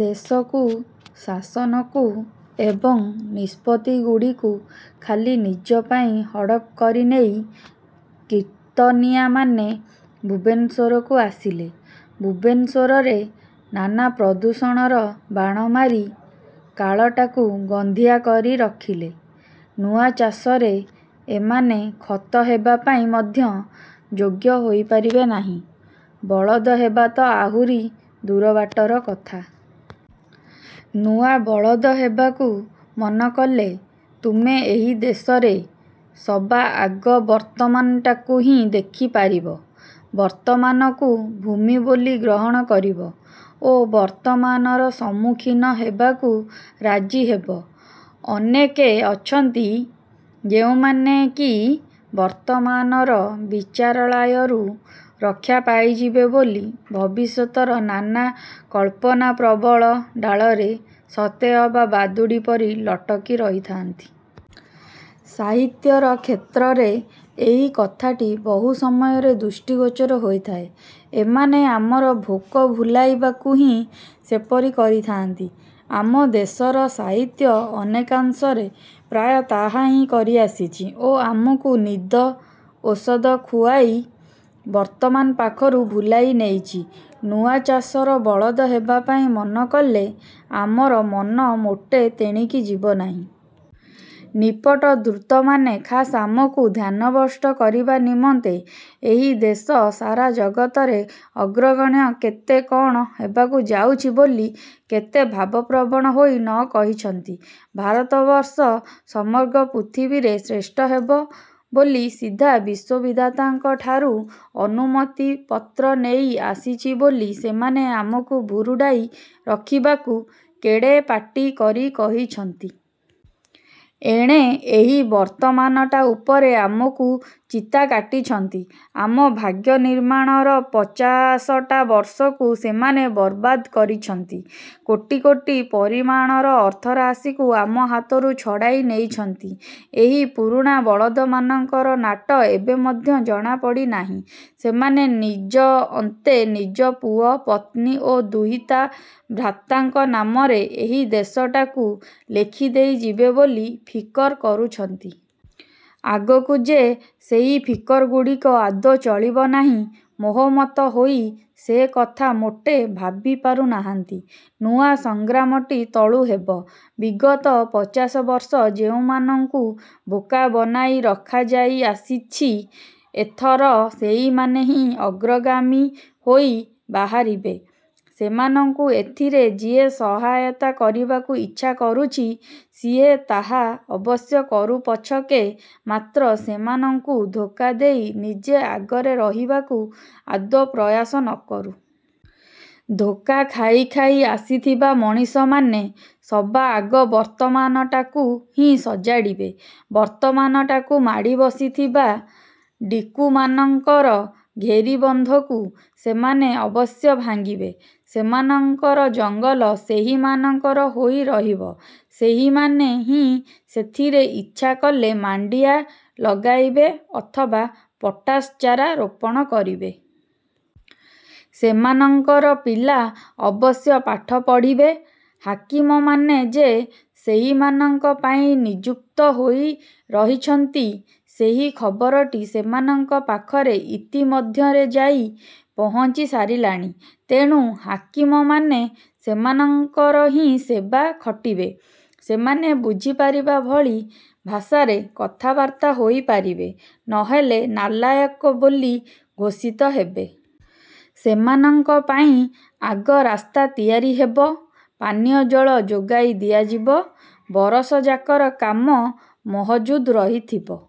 ଦେଶକୁ, ଶାସନକୁ ଏବଂ ନିଷ୍ପତ୍ତିଗୁଡ଼ିକୁ ଖାଲି ନିଜ ପାଇଁ ହଡ଼ପ କରିନେଇ କୀର୍ତ୍ତନିଆମାନେ ଭୁବନେଶ୍ୱରକୁ ଆସିଲେ। ଭୁବନେଶ୍ୱରରେ ନାନା ପ୍ରଦୂଷଣର ବାଣ ମାରି କାଳଟାକୁ ଗନ୍ଧିଆ କରି ରଖିଲେ। ନୂଆ ଚାଷରେ ଏମାନେ ଖତ ହେବା ପାଇଁ ମଧ୍ୟ ଯୋଗ୍ୟ ହୋଇପାରିବେ ନାହିଁ, ବଳଦ ହେବା ତ ଆହୁରି ଦୂର ବାଟର କଥା। ନୂଆ ବଳଦ ହେବାକୁ ମନକଲେ ତୁମେ ଏହି ଦେଶରେ ସବାଆଗ ବର୍ତ୍ତମାନଟାକୁ ହିଁ ଦେଖିପାରିବ। ବର୍ତ୍ତମାନକୁ ଭୂମି ବୋଲି ଗ୍ରହଣ କରିବ ଓ ବର୍ତ୍ତମାନର ସମ୍ମୁଖୀନ ହେବାକୁ ରାଜି ହେବ। ଅନେକେ ଅଛନ୍ତି, ଯେଉଁମାନେ କି ବର୍ତ୍ତମାନର ବିଚାରାଳୟରୁ ରକ୍ଷା ପାଇଯିବେ ବୋଲି ଭବିଷ୍ୟତର ନାନା କଳ୍ପନାପ୍ରବଳ ଡାଳରେ ସତେଅବା ବାଦୁଡ଼ି ପରି ଲଟକି ରହିଥାନ୍ତି। ସାହିତ୍ୟର କ୍ଷେତ୍ରରେ ଏହି କଥାଟି ବହୁ ସମୟରେ ଦୃଷ୍ଟିଗୋଚର ହୋଇଥାଏ। ଏମାନେ ଆମର ଭୋକ ଭୁଲାଇବାକୁ ହିଁ ସେପରି କରିଥାନ୍ତି। ଆମ ଦେଶର ସାହିତ୍ୟ ଅନେକାଂଶରେ ପ୍ରାୟ ତାହା ହିଁ କରିଆସିଛି ଓ ଆମକୁ ନିଦ ଓଷଦ ଖୁଆଇ ବର୍ତ୍ତମାନ ପାଖରୁ ଭୁଲାଇ ନେଇଛି। ନୂଆ ଚାଷର ବଳଦ ହେବା ପାଇଁ ମନ କଲେ ଆମର ମନ ମୋଟେ ତେଣିକି ଯିବ ନାହିଁ। ନିପଟ ଧୂର୍ତ୍ତମାନେ ଖାସ୍ ଆମକୁ ଧ୍ୟାନଭ୍ରଷ୍ଟ କରିବା ନିମନ୍ତେ ଏହି ଦେଶ ସାରା ଜଗତରେ ଅଗ୍ରଗଣ୍ୟ କେତେ କ'ଣ ହେବାକୁ ଯାଉଛି ବୋଲି କେତେ ଭାବପ୍ରବଣ ହୋଇ ନକହିଛନ୍ତି; ଭାରତବର୍ଷ ସମଗ୍ର ପୃଥିବୀରେ ଶ୍ରେଷ୍ଠ ହେବ ବୋଲି ସିଧା ବିଶ୍ଵବିଧାତାଙ୍କ ଠାରୁ ଅନୁମତିପତ୍ର ନେଇ ଆସିଛି ବୋଲି ସେମାନେ ଆମକୁ ଭୁରୁଡ଼ାଇ ରଖିବାକୁ କେଡ଼େ ପାଟି କରି କହିଛନ୍ତି। ଏଣେ ଏହି ବର୍ତ୍ତମାନଟା ଉପରେ ଆମକୁ ଚିତା କାଟିଛନ୍ତି। ଆମ ଭାଗ୍ୟନିର୍ମାଣର ପଚାଶଟା ବର୍ଷକୁ ସେମାନେ ବରବାଦ କରିଛନ୍ତି। କୋଟି କୋଟି ପରିମାଣର ଅର୍ଥରାଶିକୁ ଆମ ହାତରୁ ଛଡ଼ାଇ ନେଇଛନ୍ତି। ଏହି ପୁରୁଣା ବଳଦମାନଙ୍କର ନାଟ ଏବେ ମଧ୍ୟ ଜଣା ପଡ଼ିନାହିଁ। ସେମାନେ ନିଜ ଅନ୍ତେ ନିଜ ପୁଅ, ପତ୍ନୀ ଓ ଦୁହିତା, ଭ୍ରାତାଙ୍କ ନାମରେ ଏହି ଦେଶଟାକୁ ଲେଖିଦେଇ ଯିବେ ବୋଲି ଫିକର କରୁଛନ୍ତି। ଆଗକୁ ଯେ ସେହି ଫିକରଗୁଡ଼ିକ ଆଦୌ ଚଳିବ ନାହିଁ, ମୋହମତ୍ତ ହୋଇ ସେକଥା ମୋଟେ ଭାବି ପାରୁନାହାନ୍ତି। ନୂଆ ସଂଗ୍ରାମଟି ତଳୁ ହେବ। ବିଗତ ପଚାଶ ବର୍ଷ ଯେଉଁମାନଙ୍କୁ ବୋକା ବନାଇ ରଖାଯାଇ ଆସିଛି, ଏଥର ସେଇମାନେ ହିଁ ଅଗ୍ରଗାମୀ ହୋଇ ବାହାରିବେ। ସେମାନଙ୍କୁ ଏଥିରେ ଯିଏ ସହାୟତା କରିବାକୁ ଇଚ୍ଛା କରୁଛି, ସିଏ ତାହା ଅବଶ୍ୟ କରୁ ପଛକେ, ମାତ୍ର ସେମାନଙ୍କୁ ଧୋକା ଦେଇ ନିଜେ ଆଗରେ ରହିବାକୁ ଆଦୌ ପ୍ରୟାସ ନକରୁ। ଧୋକା ଖାଇ ଖାଇ ଆସିଥିବା ମଣିଷମାନେ ସବାଆଗ ବର୍ତ୍ତମାନଟାକୁ ହିଁ ସଜାଡ଼ିବେ। ବର୍ତ୍ତମାନଟାକୁ ମାଡ଼ିବସିଥିବା ଡ଼ିକୁମାନଙ୍କର ଘେରିବନ୍ଧକୁ ସେମାନେ ଅବଶ୍ୟ ଭାଙ୍ଗିବେ। ସେମାନଙ୍କର ଜଙ୍ଗଲ ସେହିମାନଙ୍କର ହୋଇ ରହିବ। ସେହିମାନେ ହିଁ ସେଥିରେ ଇଚ୍ଛା କଲେ ମାଣ୍ଡିଆ ଲଗାଇବେ ଅଥବା ପଟାସ ଚାରା ରୋପଣ କରିବେ। ସେମାନଙ୍କର ପିଲା ଅବଶ୍ୟ ପାଠ ପଢ଼ିବେ। ହାକିମମାନେ ଯେ ସେହିମାନଙ୍କ ପାଇଁ ନିଯୁକ୍ତ ହୋଇ ରହିଛନ୍ତି, ସେହି ଖବରଟି ସେମାନଙ୍କ ପାଖରେ ଇତିମଧ୍ୟରେ ଯାଇ ପହଞ୍ଚି ସାରିଲାଣି। ତେଣୁ, ହାକିମମାନେ ସେମାନଙ୍କର ହିଁ ସେବା ଖଟିବେ, ସେମାନେ ବୁଝିପାରିବା ଭଳି ଭାଷାରେ କଥାବାର୍ତ୍ତା ହୋଇ ପାରିବେ, ନହେଲେ ନାଲାୟକ ବୋଲି ଘୋଷିତ ହେବେ। ସେମାନଙ୍କ ପାଇଁ ଆଗ ରାସ୍ତା ତିଆରି ହେବ, ପାନୀୟଜଳ ଯୋଗାଇ ଦିଆଯିବ, ବରଷ ଯାକର କାମ ମହଜୁଦ ରହିଥିବ